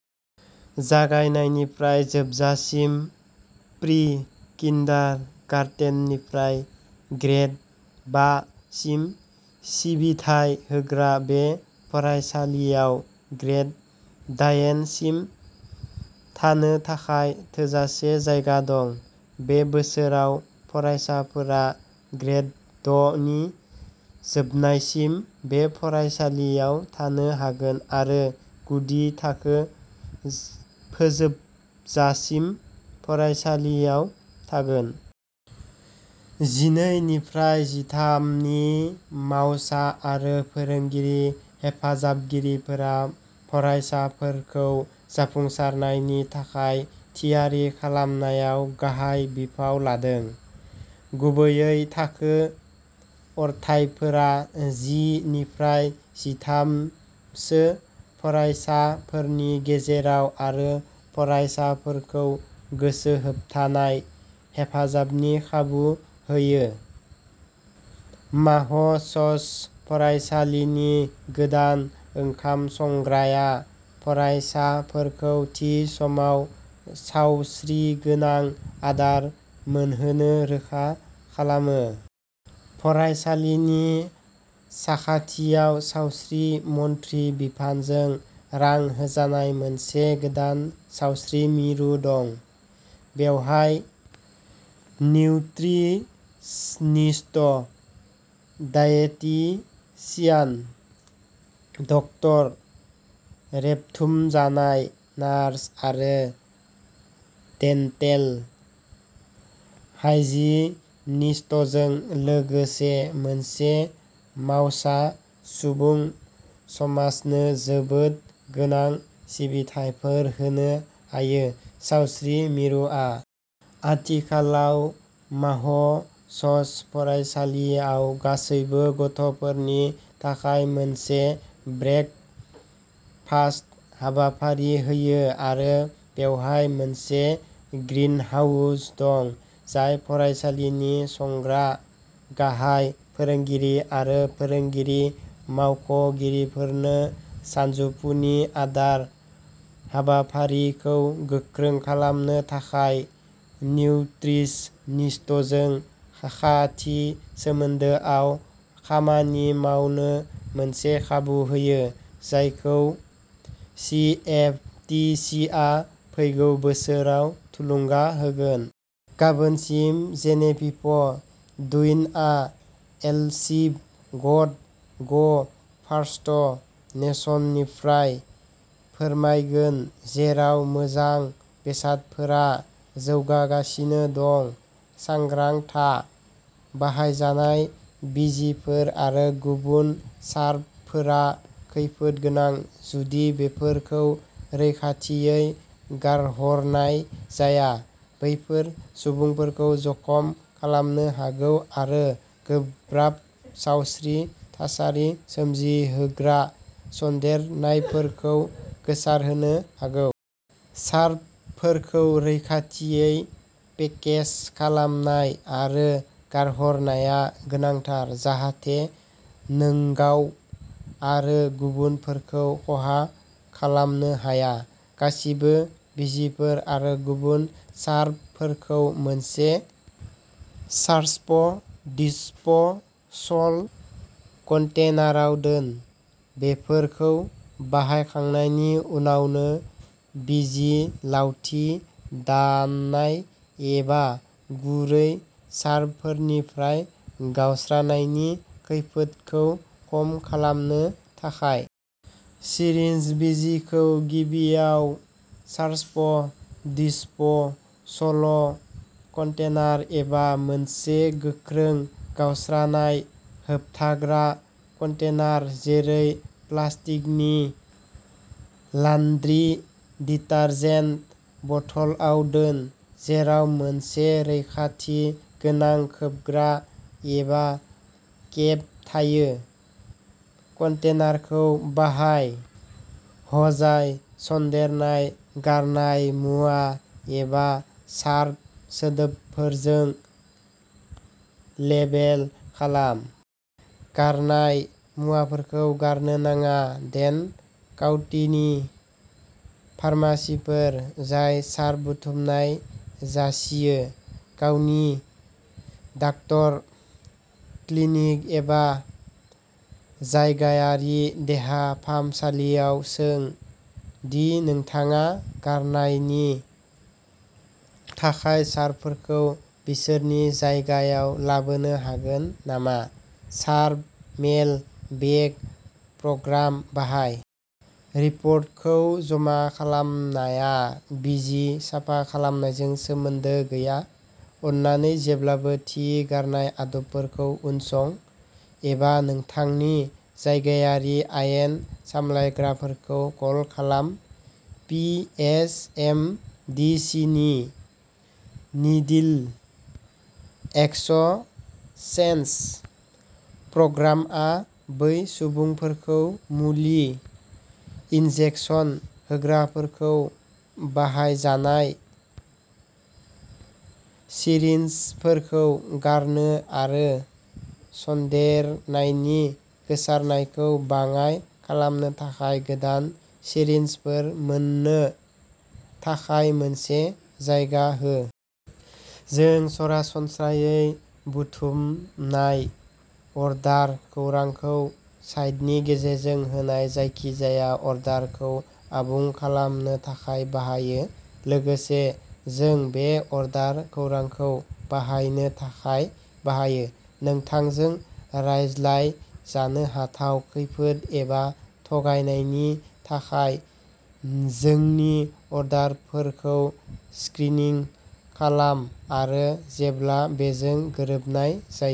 जागायनायनिफ्राय जोबजासिम। प्रि-किन्डारगार्टेननिफ्राय ग्रेड बा सिम सिबिथाय होग्रा बे फरायसालियाव ग्रेड दायेन सिम थानो थाखाय थोजासे जायगा दं। बे बोसोराव, फरायसाफोरा ग्रेड द' नि जोबनायसिम बे फरायसालियाव थानो हागोन आरो गुदि थाखो फोजोबजासिम फरायसालियाव थागोन। जिनै निफ्राय जिथाम नि मावसा आरो फोरोंगिरि हेफाजाबगिरिफोरा फरायसाफोरखौ जाफुंसारनायनि थाखाय थियारि खालामनायाव गाहाय बिफाव लादों, गुबैयै थाखो अरथाइफोरा जि निफ्राय जिथाम सो फरायसाफोरनि गेजेराव आरो फरायसाफोरखौ गोसो होथाबनाय हेफाजाबनि खाबु होयो। माह-स'स फरायसालिनि गोदान ओंखाम संग्राया फरायसाफोरखौ थि समाव सावस्रिगोनां आदार मोनहोनो रोखा खालामो। फरायसालिनि साखाथियाव सावस्रि मन्थ्रि बिफानजों रां होजानाय मोनसे गोदान सावस्रि मिरु दं। बेवहाय, निउत्रिसनिस्ट, डायेटिशियान, डक्टर, रेबथुमजानाय नार्स आरो डेन्टेल हाइजिनिस्टजों लोगोसे मोनसे मावसा सुबुं समाजनो जोबोद गोनां सिबिथायफोर होनो हायो। सावस्रि मिरुआ आथिखालाव माह-स'स फरायसालिआव गासैबो गथ'फोरनि थाखाय मोनसे ब्रेकफास्ट हाबाफारि होयो आरो बेवहाय मोनसे ग्रिनहाउस दं, जाय फरायसालिनि संग्रा, गाहाय फोरोंगिरि आरो फोरोंगिरि मावख'गिरिफोरनो सानजौफुनि आदार हाबाफारिखौ गोख्रों खालामनो थाखाय निउत्रिसनिस्टजों खाथि सोमोन्दोआव खामानि मावनो मोनसे खाबु होयो, जायखौ सिएफटिसिआ फैगौ बोसोराव थुलुंगा होगोन। गाबोनसिम, जेनेभिभ ड्रुइनआ एलसिप' गट' ग फार्स्ट नेशननिफ्राय फोरमायगोन-जेराव मोजां बेसादफोरा जौगागासिनो दं। सांग्रां था, बाहायजानाय बिजिफोर आरो गुबुन शार्पफोरा खैफोद गोनां जुदि बेफोरखौ रैखाथियै गारहरनाय जाया-बेफोर सुबुंफोरखौ जखम खालामनो हागौ आरो गोब्राब सावस्रि थासारि सोमजिहोग्रा सन्देरनायफोरखौ गोसारहोनो हागौ। शार्पफोरखौ रैखाथियै पेकेज खालामनाय आरो गारहरनाया गोनांथार जाहाथे नोंगाव आरो गुबुनफोरखौ खहा खालामनो हाया। गासिबो बिजिफोर आरो गुबुन शार्पफोरखौ मोनसे शार्प्स दिस्प'सल कन्टेनाराव दोन, बेफोरखौ बाहायखांनायनि उनावनो बिजि-लावथि, दाननाय, एबा गुरै शार्पफोरनिफ्राय गावस्रानायनि खैफोदखौ खम खालामनो थाखाय। सिरिन्ज, बिजिखौ गिबियाव शार्प्स दिस्प'सल कन्टेनार एबा मोनसे गोख्रों, गावस्रानाय-होबथाग्रा कन्टेनार जेरै प्लास्टिकनि लान्ड्रि डिटारजेन्ट बथलआव दोन, जेराव मोनसे रैखाथि गोनां खोबग्रा एबा केप थायो। कन्टेनारखौ बाय' हजार्ड सन्देरनाय गारनाय मुवा, एबा शार्प सोदोबफोरजों लेबेल खालाम। गारनाय मुवाफोरखौ गारनो नाङा। डेन काउन्टीनि फार्मासिफोर जाय शार्प बुथुमनाय जासियो। गावनि डाक्टार, क्लिनिक एबा जायगायारि देहा फाहामसालियाव सों दि नोंथाङा गारनायनि थाखाय शार्पफोरखौ बिसोरनि जायगायाव लाबोनो हागोन नामा। शार्प मेल-बेक प्रग्राम बाहाय। रिपर्टखौ जमा खालामनाया बिजि साफा खालामनायजों सोमोन्दो गैया। अन्नानै जेब्लाबो थि गारनाय आदबफोरखौ उनसं। एबा नोंथांनि जायगायारि आयेन सामलायग्राफोरखौ कल खालाम। P H M D C नि नीडिल एकसचेन्ज प्रग्रामआ बै सुबुंफोरखौ मुलि इनजेकसन होग्राफोरखौ बाहायजानाय सिरिन्जफोरखौ गारनो आरो सन्देरनायनि गोसारनायखौ बाङाइ खालामनो थाखाय गोदान सिरिन्जफोर मोन्नो थाखाय मोनसे जायगा होयो। जों सरासनस्रायै बुथुमनाय अर्डार खौरांखौ साइटनि गेजेरजों होनाय जायखिजाया अर्डारफोरखौ आबुं खालामनो थाखाय बाहायो। लोगोसे, जों बे अर्डार खौरांखौ बाहायनो थाखाय बाहायो, नोंथांजों रायज्लाय जानो हाथाव खैफोद एबा थगायनायनि थाखाय जोंनि अर्डारफोरखौ स्क्रिनिं खालाम आरो जेब्ला बेजों गोरोबनाय जायो।